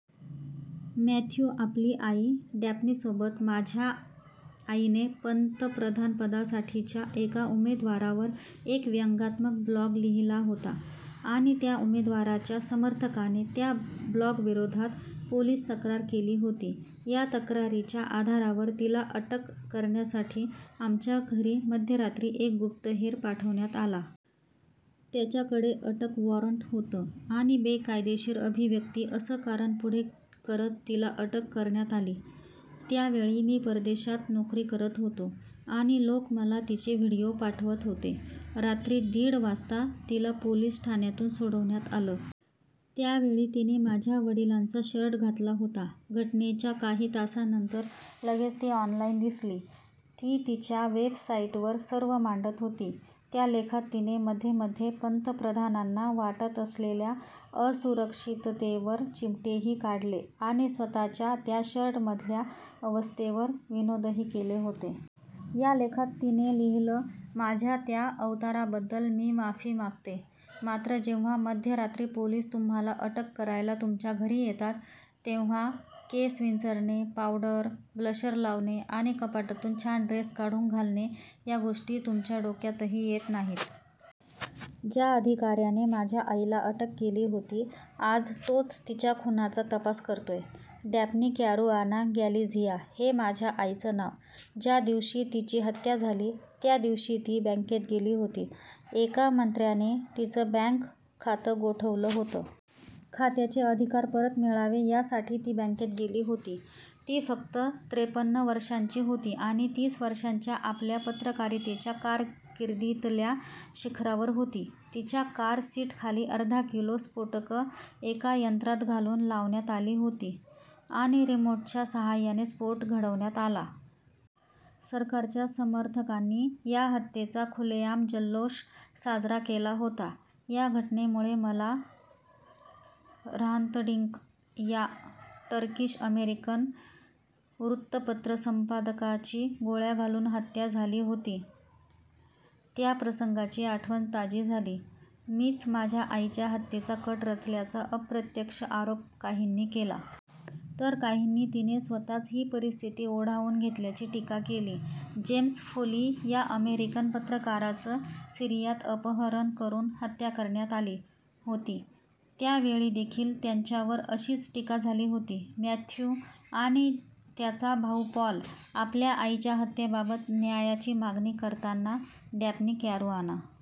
Matthew आपली आई डॅफ्नीसोबत माझ्या आईने पंतप्रधानपदासाठीच्या एका उमेदवारावर एक व्यंगात्मक ब्लॉग लिहिला होता आणि त्या उमेदवाराच्या समर्थकाने त्या ब्लॉगविरोधात पोलीस तक्रार केली होती. या तक्रारीच्या आधारावर तिला अटक करण्यासाठी आमच्या घरी मध्यरात्री एक गुप्तहेर पाठवण्यात आला. त्याच्याकडे अटक वॉरंट होतं आणि 'बेकायदेशीर अभिव्यक्ती' असं कारण पुढे करत तिला अटक करण्यात आली. त्यावेळी मी परदेशात नोकरी करत होतो आणि लोक मला तिचे व्हीडिओ पाठवत होते. रात्री दीड वाजता तिला पोलीस ठाण्यातून सोडण्यात आलं. त्यावेळी तिने माझ्या वडिलांचा शर्ट घातला होता. घटनेच्या काही तासानंतर लगेच ती ऑनलाईन दिसली. ती तिच्या वेबसाईटवर सर्व मांडत होती. त्या लेखात तिने मध्ये-मध्ये पंतप्रधानांना वाटत असलेल्या असुरक्षिततेवर चिमटेही काढले आणि स्वतःच्या त्या शर्टमधल्या अवस्थेवर विनोदही केले होते. या लेखात तिने लिहिलं माझ्या त्या अवताराबद्दल मी माफी मागते. मात्र जेव्हा मध्यरात्री पोलीस तुम्हाला अटक करायला तुमच्या घरी येतात, तेव्हा केस विंचरणे, पावडर, ब्लशर लावणे आणि कपाटातून छान ड्रेस काढून घालणे, या गोष्टी तुमच्या डोक्यातही येत नाहीत. ज्या अधिकाऱ्याने माझ्या आईला अटक केली होती आज तोच तिच्या खुनाचा तपास करतोय. डॅफ्नी कॅरुआना गॅलिझिया, हे माझ्या आईचं नाव. ज्या दिवशी तिची हत्या झाली, त्यादिवशी ती बँकेत गेली होती. एका मंत्र्याने तिचं बँक खातं गोठवलं होतं. खात्याचे अधिकार परत मिळावे यासाठी ती बँकेत गेली होती. ती फक्त त्रेपन्न वर्षांची होती आणि तीस वर्षांच्या आपल्या पत्रकारितेच्या कारकिर्दीतल्या शिखरावर होती. तिच्या कार सीटखाली अर्धा किलो स्फोटकं एका यंत्रात घालून लावण्यात आली होती आणि रिमोटच्या साहाय्याने स्फोट घडवण्यात आला. सरकारच्या समर्थकांनी या हत्येचा खुलेआम जल्लोष साजरा केला होता. या घटनेमुळे मला, 'ह्रांत डिंक' या टर्किश-अमेरिकन वृत्तपत्र संपादकाची गोळ्या घालून हत्या झाली होती, त्या प्रसंगाची आठवण ताजी झाली. मीच माझ्या आईच्या हत्येचा कट रचल्याचा अप्रत्यक्ष आरोप काहींनी केला. तर काहींनी तिने स्वतःच ही परिस्थिती ओढावून घेतल्याची टीका केली. जेम्स फोली या अमेरिकन पत्रकाराचं सीरियात अपहरण करून हत्या करण्यात आली होती. त्यावेळीदेखील त्यांच्यावर अशीच टीका झाली होती. मॅथ्यू आणि त्याचा भाऊ पॉल आपल्या आईच्या हत्येबाबत न्यायाची मागणी करताना. Daphne Caruana